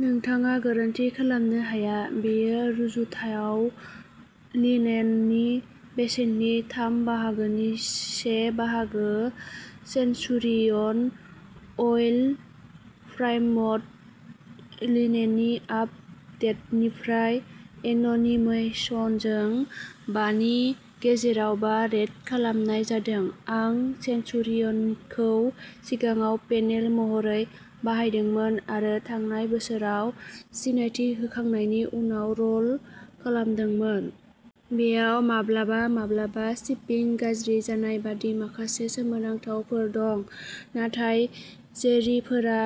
नोंथाङा गोरोन्थि खालामनो हाया। बेयो रुजुथाव लिनेननि बेसेननि थाम बाहागो नि से बाहागो सेनचुरियन अइल प्राइम्ड लिनेननि आप डेटनिफ्राय एन'निमिसजों बा नि गेजेराव बा रेट खालामनाय जादों आं सेनचुरियनखौ सिगाङाव पेनेल महरै बाहायदोंमोन आरो थांनाय बोसोराव सिनायथि होखांनायनि उनाव र'ल खालामदोंमोन। बेयाव माब्लाबा-माब्लाबा शिपिं गाज्रि जानाय बायदि माखासे सोमोनांथावफोर दं, नाथाय जेरिफोरा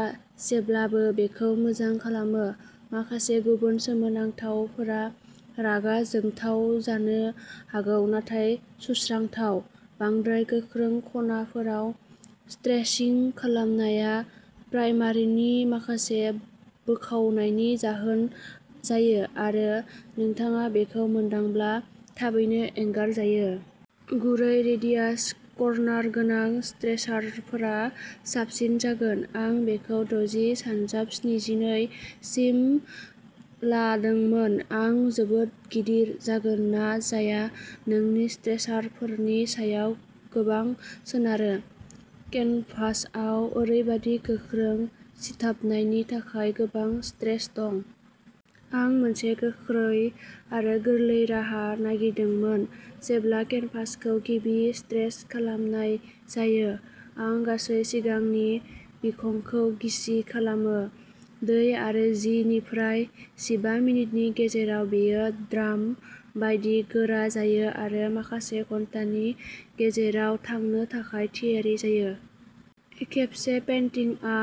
जेब्लाबो बेखौ मोजां खालामो। माखासे गुबुन सोमोनांथावफोरा रागा जोंथाव जानो हागौ नाथाय सुस्रांथाव। बांद्राय गोख्रों खनाफोराव स्ट्रेचिं खालामनाया प्राइमारनि माखासे बोखावनायनि जाहोन जायो आरो नोंथाङा बेखौ मोनदांब्ला थाबैनो एंगारजायो। गुरै रेडियास कर्नार गोनां स्ट्रेचारफोरा साबसिन जागोन। आं बेखौ दजि सानजाब स्निजिनै सिम लादोंमोन आं जोबोद गिदिर जागोन ना जाया नोंनि स्ट्रेचारफोरनि सायाव गोबां सोनारो। केनभासआव ओरैबादि गोख्रों सिथाबनायनि थाखाय गोबां स्ट्रेच दं। आं मोनसे गोख्रै आरो गोरलै राहा नागिरदोंमोन जेब्ला केनभासखौ गिबि स्ट्रेच खालामनाय जायो, आं गासै सिगांनि बिखंखौ गिसि खालामो। दै आरो जि निफ्राय जिबा मिनिटनि गेजेराव बेयो ड्राम बायदि गोरा जायो आरो माखासे घन्टानि गेजेराव थांनो थाखाय थियारि जायो। खेबसे पेन्टिंआ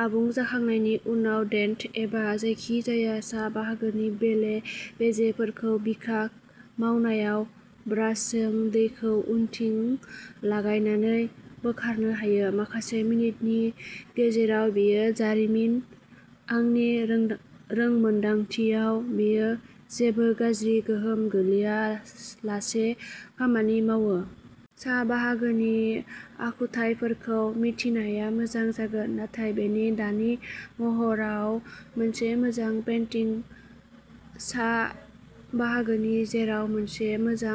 आबुं जाखांनायनि उनाव डेन्ट एबा जायखिजाया सा बाहागोनि बेले बेजेफोरखौ बिखा मावनायाव ब्रासजों दैखौ उनथिं लागायनानै बोखारनो हायो। माखासे मिनिटनि गेजेराव बेयो जारिमिन। आंनि रोंमोन्दांथियाव बेयो जेबो गाज्रि गोहोम गैयालासे खामानि मावो। सा बाहागोनि आखुथायफोरखौ मिथिनाया मोजां जागोन, नाथाय बेनि दानि महराव मोनसे मोजां पेन्टिं सा बाहागो जेराव मोनसे मोजां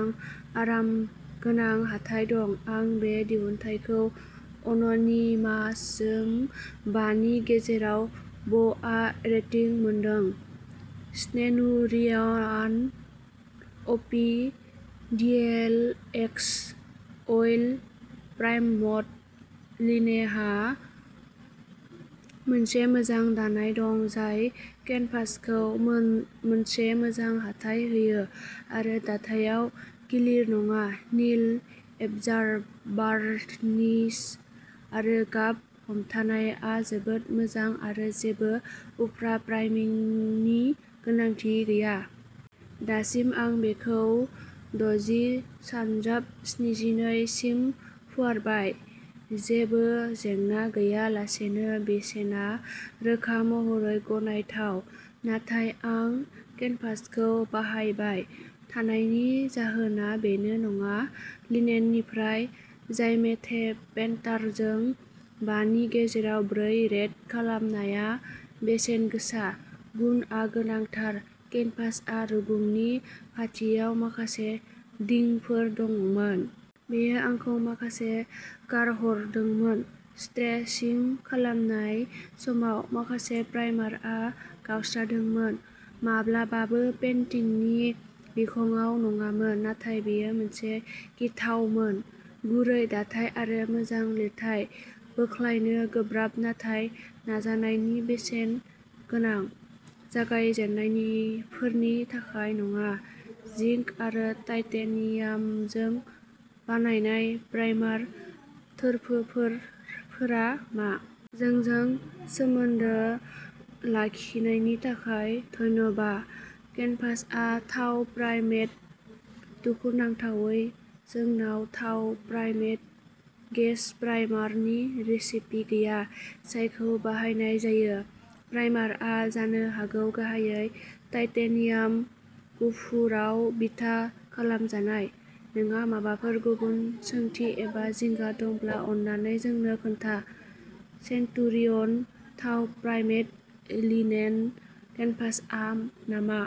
आरामगोनां हाथाइ दं। आं बे दिहुनथायखौ अन'निमासजों बा नि गेजेराव बआ रेटिं मोनदों। सेस्नुरियान अपि डिएलएक्स अइल प्राइम्ड लिनेनहा मोनसे मोजां दानाय दं जाय केनभासखौ मोनसे मोजां हाथाइ होयो आरो दाथायाव गिलिर नङा निल एबजर्बान्सि आरो गाब हमथानायआ जोबोद मोजां आरो जेबो उफ्रा प्राइमिंनि गोनांथि गैया। दासिम आं बेखौ दजि सानजाब स्निजिनै सिम फुवारबाय। जेबो जेंना गैयालासेनो बेसेना रोखा महरै गनायथाव, नाथाय आं केनभासखौ बाहायबाय थानायनि जाहोना बेनो नङा, लिनेननिफ्राय जाइमेथेपेन्टारजों बा नि गेजेराव ब्रै रेट खालामनायआ बेसेन गोसा, गुनआ गोनांथार केनभासआ रुगुंनि खाथियाव माखासे दिंफोर दंमोन। बेयो आंखौ माखासे गारहरदोंमोन। स्ट्रेचिं खालामनाय समाव, माखासे प्राइमारआ गावस्रादोंमोन, माब्लाबाबो पेन्टिंनि बिखंआव नङामोन, नाथाय बेयो एसे गिथावमोन। गुरै दाथाय आरो मोजां लिरथाय, बोख्लायनो गोब्राब नाथाय नाजानायनि बेसेन गोनां। जागायजेन्नायफोरनि थाखाय नङा। जिंक आरो टाइटेनियामजों बानायनाय प्राइमार थोरफोफोरा मा? जोंजों सोमोन्दो लाखिनायनि थाखाय धन्यबा। केनभासआ थाव प्राइमेड, दुखुनांथावै, जोंनाव थाव प्राइमेड गेस'प्राइमारनि रेसिपि गैया जायखौ बाहायनाय जायो। प्राइमारआ जानो हागौ गाहायै टाइटेनियाम गुफुराव बिथा खालामजानाय। नोंहा माबाफोर गुबुन सोंथि एबा जिंगा दंब्ला अन्नानै जोंनो खोन्था। सेन्टुरियन थाव प्राइमेड लिनेन केनभासआ नामा?